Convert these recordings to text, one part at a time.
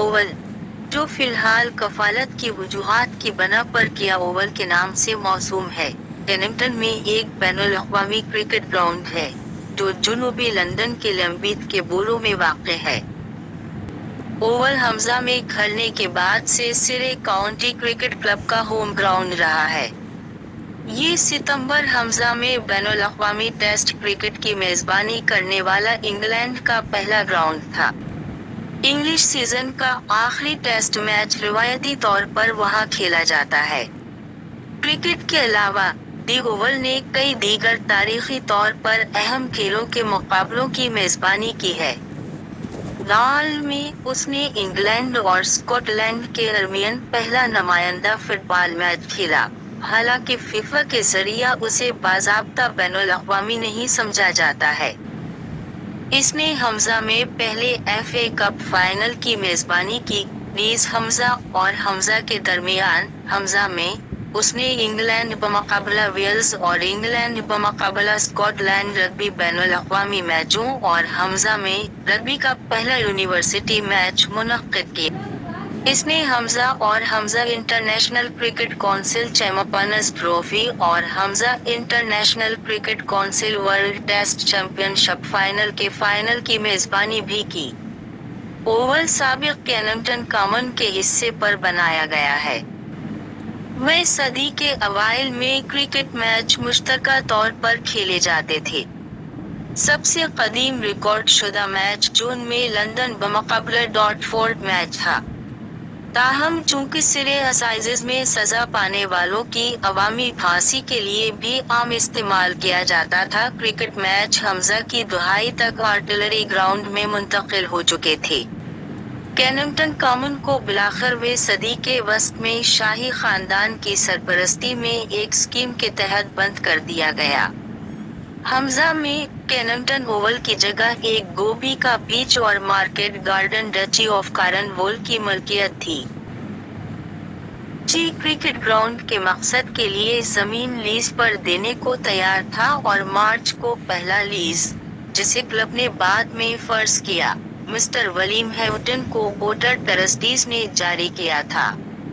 Oval, جو فی الحال کفالت کی وجوہات کی بنا پر ' کیا اوول' کے نام سے موسوم ہے، کیننگٹن میں ایک بین الاقوامی کرکٹ گراؤنڈ ہے، جو جنوبی لندن کے لیمبیتھ کے بورو میں واقع ہے۔ اوول ء میں کھلنے کے بعد سے سرے کاؤنٹی کرکٹ کلب کا ہوم گراؤنڈ رہا ہے۔ یہ ستمبر ء میں بین الاقوامی ٹیسٹ کرکٹ کی میزبانی کرنے والا انگلینڈ کا پہلا گراؤنڈ تھا۔ انگلش سیزن کا آخری ٹیسٹ میچ روایتی طور پر وہاں کھیلا جاتا ہے۔ کرکٹ کے علاوہ، دی اوول نے کئی دیگر تاریخی طور پر اہم کھیلوں کے مقابلوں کی میزبانی کی ہے۔ ء میں، اس نے انگلینڈ اور ا سکاٹ لینڈ کے درمیان پہلا نمائندہ فٹ بال میچ کھیلا، حالانکہ فیفا کے ذریعہ اسے باضابطہ بین الاقوامی نہیں سمجھا جاتا ہے۔ اس نے ء میں پہلے ایف اے کپ فائنل کی میزبانی کی، نیز ء اور ء کے درمیان۔ ء میں، اس نے انگلینڈ بمقابلہ ویلز اور انگلینڈ بمقابلا اسکاٹ لینڈ رگبی بین الاقوامی میچوں اور ء میں، رگبی کا پہلا یونیورسٹی میچ منعقد کیا۔ اس نے ء اور ء I C C champions trophy اور ء I C C world test championship final کے فائنل کی میزبانی بھی کی۔ اوول سابق کیننگٹن کامن کے حصے پر بنایا گیا ہے۔ ویں صدی کے اوائل میں کرکٹ میچ مشترکہ طور پر کھیلے جاتے تھے۔ سب سے قدیم ریکارڈ شدہ میچ جون میں لندن بمقابلہ ڈارٹفورڈ میچ تھا۔ تاہم، چونکہ سرے اسائزز میں سزا پانے والوں کی عوامی پھانسی کے لیے بھی عام استعمال کیا جاتا تھا کرکٹ میچ ء کی دہائی تک آرٹلری گراؤنڈ میں منتقل ہو چکے تھے۔ کیننگٹن کامن کو بالآخر ویں صدی کے وسط میں شاہی خاندان کی سرپرستی میں ایک اسکیم کے تحت بند کر دیا گیا۔ ء میں، کیننگٹن اوول کی جگہ ایک گوبھی کا پیچ اور market garden duchy of Cornwall کی ملکیت تھی۔ ڈچی کرکٹ گراؤنڈ کے مقصد کے لیے زمین لیز پر دینے کو تیار تھا اور مارچ کو پہلا لیز، جسے کلب نے بعد میں فرض کیا، مسٹر ولیم ہیوٹن کو اوٹر ٹرسٹیز نے جاری کیا تھا،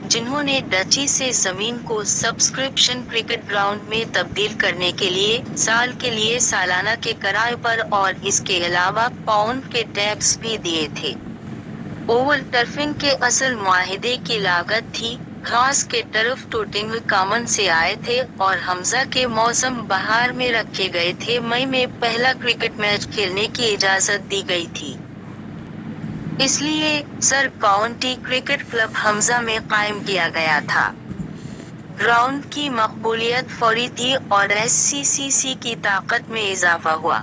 جنھوں نے ڈچی سے زمین کو "سبسکرپشن کرکٹ گراؤنڈ میں تبدیل کرنے کے لیے"، سال کے لیے سالانہ کے کرایے پر اور اس کے علاوہ پاؤنڈ کے ٹیکس بھی دیے تھے۔ اوول ٹرفنگ کے اصل معاہدے کی لاگت تھی ، گھاس کے ٹرف ٹوٹنگ کامن سے آئے تھے اور ء کے موسم بہار میں رکھے گئے تھے مئی میں پہلا کرکٹ میچ کھیلنے کی اجازت دی گئی تھی۔ اس لیے، سرے کاؤنٹی کرکٹ کلب ء میں قائم کیا گیا تھا۔ ۔ گراؤنڈ کی مقبولیت فوری تھی اور ایس سی سی سی کی طاقت میں اضافہ ہوا۔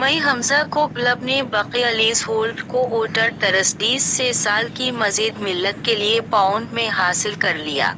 مئی ء کو کلب نے بقیہ لیز ہولڈ کو اوٹر ٹرسٹیز سے سال کی مزید مدت کے لیے پاؤنڈ میں حاصل کر لیا۔